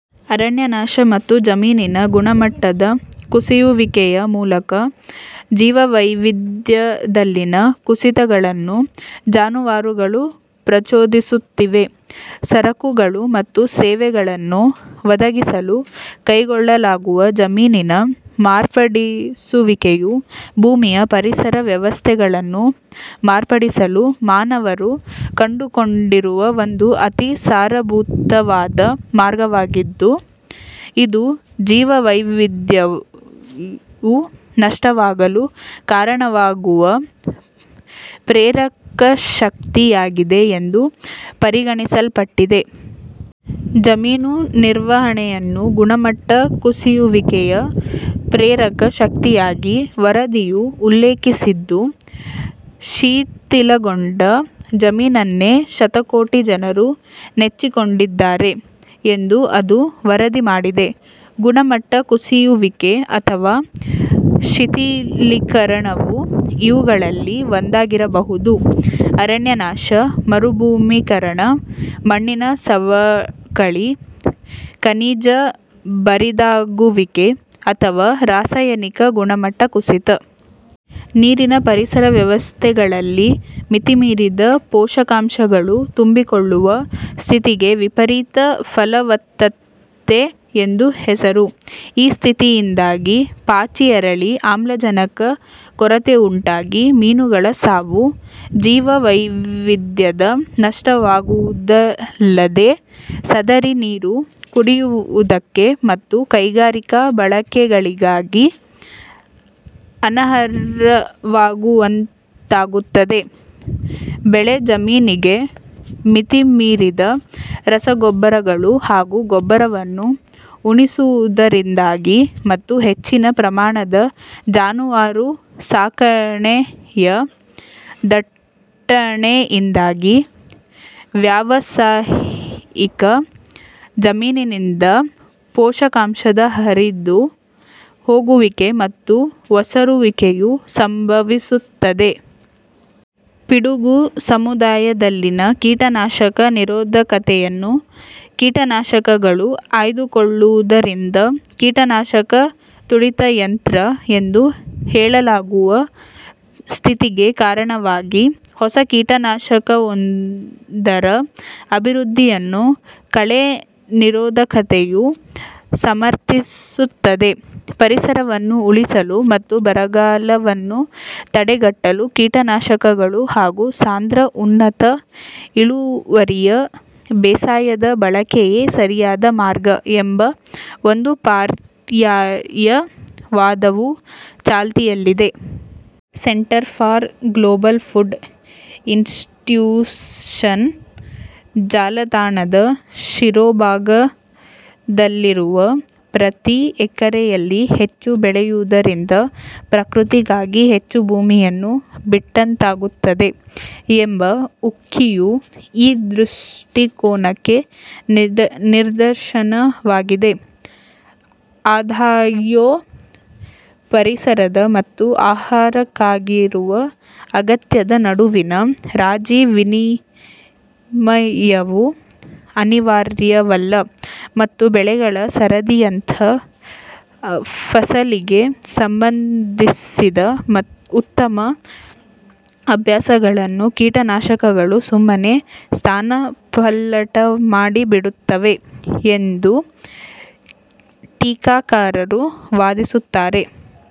ಅರಣ್ಯನಾಶ ಮತ್ತು ಜಮೀನಿನ ಗುಣಮಟ್ಟದ ಕುಸಿಯುವಿಕೆಯ ಮೂಲಕ, ಜೀವವೈವಿಧ್ಯದಲ್ಲಿನ ಕುಸಿತಗಳನ್ನೂ ಜಾನುವಾರುಗಳು ಪ್ರಚೋದಿಸುತ್ತಿವೆ. ಸರಕುಗಳು ಮತ್ತು ಸೇವೆಗಳನ್ನು ಒದಗಿಸಲು ಕೈಗೊಳ್ಳಲಾಗುವ ಜಮೀನಿನ ಮಾರ್ಪಡಿಸುವಿಕೆಯು ಭೂಮಿಯ ಪರಿಸರ ವ್ಯವಸ್ಥೆಗಳನ್ನು ಮಾರ್ಪಡಿಸಲು ಮಾನವರು ಕಂಡುಕೊಂಡಿರುವ ಒಂದು ಅತಿ ಸಾರಭೂತವಾದ ಮಾರ್ಗವಾಗಿದ್ದು, ಇದು ಜೀವವೈವಿಧ್ಯವು ನಷ್ಟವಾಗಲು ಕಾರಣವಾಗುವ ಪ್ರೇರಕಶಕ್ತಿಯಾಗಿದೆ ಎಂದು ಪರಿಗಣಿಸಲ್ಪಟ್ಟಿದೆ. ಜಮೀನು ನಿರ್ವಹಣೆಯನ್ನು ಗುಣಮಟ್ಟ ಕುಸಿಯುವಿಕೆಯ ಪ್ರೇರಕ ಶಕ್ತಿಯಾಗಿ ವರದಿಯು ಉಲ್ಲೇಖಿಸಿದ್ದು, ಶಿಥಿಲಗೊಂಡ ಜಮೀನನ್ನೇ ಶತಕೋಟಿ ಜನರು ನೆಚ್ಚಿಕೊಂಡಿದ್ದಾರೆ ಎಂದು ಅದು ವರದಿ ಮಾಡಿದೆ. ಗುಣಮಟ್ಟ ಕುಸಿಯುವಿಕೆ ಅಥವಾ ಶಿಥಿಲೀಕರಣವು ಇವುಗಳಲ್ಲಿ ಒಂದಾಗಿರಬಹುದು: ಅರಣ್ಯನಾಶ, ಮರುಭೂಮೀಕರಣ, ಮಣ್ಣಿನ ಸವಕಳಿ, ಖನಿಜ ಬರಿದಾಗುವಿಕೆ, ಅಥವಾ ರಾಸಾಯನಿಕ ಗುಣಮಟ್ಟ ಕುಸಿತ. ನೀರಿನ ಪರಿಸರ ವ್ಯವಸ್ಥೆಗಳಲ್ಲಿ ಮಿತಿಮೀರಿದ ಪೋಷಕಾಂಶಗಳು ತುಂಬಿಕೊಳ್ಳುವ ಸ್ಥಿತಿಗೆ ವಿಪರೀತ ಫಲವತ್ತತೆ ಎಂದು ಹೆಸರು. ಈ ಸ್ಥಿತಿಯಿಂದಾಗಿ, ಪಾಚಿ ಅರಳಿ ಆಮ್ಲಜನಕದ ಕೊರತೆಯುಂಟಾಗಿ ಮೀನುಗಳ ಸಾವು, ಜೀವವೈವಿಧ್ಯದ ನಷ್ಟವಾಗುವುದಲ್ಲದೆ, ಸದರಿ ನೀರು ಕುಡಿಯುವುದಕ್ಕೆ ಮತ್ತು ಕೈಗಾರಿಕಾ ಬಳಕೆಗಳಿಗಾಗಿ ಅನರ್ಹವಾಗುವಂತಾಗುತ್ತದೆ. ಬೆಳೆ ಜಮೀನಿಗೆ ಮಿತಿಮೀರಿದ ರಸಗೊಬ್ಬರಗಳು ಹಾಗೂ ಗೊಬ್ಬರವನ್ನು ಉಣಿಸುವುದರಿಂದಾಗಿ ಮತ್ತು ಹೆಚ್ಚಿನ ಪ್ರಮಾಣದ ಜಾನುವಾರು ಸಾಕಣೆಯ ದಟ್ಟಣೆಯಿಂದಾಗಿ, ವ್ಯಾವಸಾಯಿಕ ಜಮೀನಿನಿಂದ ಪೋಷಕಾಂಶದ ಹರಿದು ಹೋಗುವಿಕೆ ಮತ್ತು ಒಸರುವಿಕೆಯು ಸಂಭವಿಸುತ್ತದೆ. ಪಿಡುಗು ಸಮುದಾಯದಲ್ಲಿನ ಕೀಟನಾಶಕ ನಿರೋಧಕತೆಯನ್ನು ಕೀಟನಾಶಕಗಳು ಆಯ್ದುಕೊಳ್ಳುವುದರಿಂದ 'ಕೀಟನಾಶಕ ತುಳಿತಯಂತ್ರ' ಎಂದು ಹೇಳಲಾಗುವ ಸ್ಥಿತಿಗೆ ಕಾರಣವಾಗಿ, ಹೊಸ ಕೀಟನಾಶಕವೊಂದರ ಅಭಿವೃದ್ಧಿಯನ್ನು ಕಳೆ ನಿರೋಧಕತೆಯು ಸಮರ್ಥಿಸುತ್ತದೆ. 'ಪರಿಸರವನ್ನು ಉಳಿಸಲು' ಮತ್ತು ಬರಗಾಲವನ್ನು ತಡೆಗಟ್ಟಲು ಕೀಟನಾಶಕಗಳು ಹಾಗೂ ಸಾಂದ್ರ ಉನ್ನತ ಇಳುವರಿಯ ಬೇಸಾಯದ ಬಳಕೆಯೇ ಸರಿಯಾದ ಮಾರ್ಗ ಎಂಬ ಒಂದು ಪರ್ಯಾಯ ವಾದವೂ ಚಾಲ್ತಿಯಲ್ಲಿದೆ. ಸೆಂಟರ್ ಫಾರ್ ಗ್ಲೋಬಲ್ ಫುಡ್ ಇಷ್ಯೂಸ್ನ ಜಾಲತಾಣದ ಶಿರೋಭಾಗದಲ್ಲಿರುವ 'ಪ್ರತಿ ಎಕರೆಯಲ್ಲಿ ಹೆಚ್ಚು ಬೆಳೆಯುವುದರಿಂದ ಪ್ರಕೃತಿಗಾಗಿ ಹೆಚ್ಚು ಭೂಮಿಯನ್ನು ಬಿಟ್ಟಂತಾಗುತ್ತದೆ' ಎಂಬ ಉಕ್ತಿಯು ಈ ದೃಷ್ಟಿಕೋನಕ್ಕೆ ನಿದರ್ಶನವಾಗಿದೆ. ಆದಾಗ್ಯೂ, ಪರಿಸರದ ಮತ್ತು ಆಹಾರಕ್ಕಾಗಿರುವ ಅಗತ್ಯದ ನಡುವಿನ ರಾಜಿ-ವಿನಿಮಯವು ಅನಿವಾರ್ಯವಲ್ಲ, ಮತ್ತು ಬೆಳೆಗಳ ಸರದಿಯಂಥ ಫಸಲಿಗೆ ಸಂಬಂಧಿಸಿದ ಉತ್ತಮ ಅಭ್ಯಾಸಗಳನ್ನು ಕೀಟನಾಶಕಗಳು ಸುಮ್ಮನೇ ಸ್ಥಾನಪಲ್ಲಟಮಾಡಿಬಿಡುತ್ತವೆ ಎಂದು ಟೀಕಾಕಾರರು ವಾದಿಸುತ್ತಾರೆ.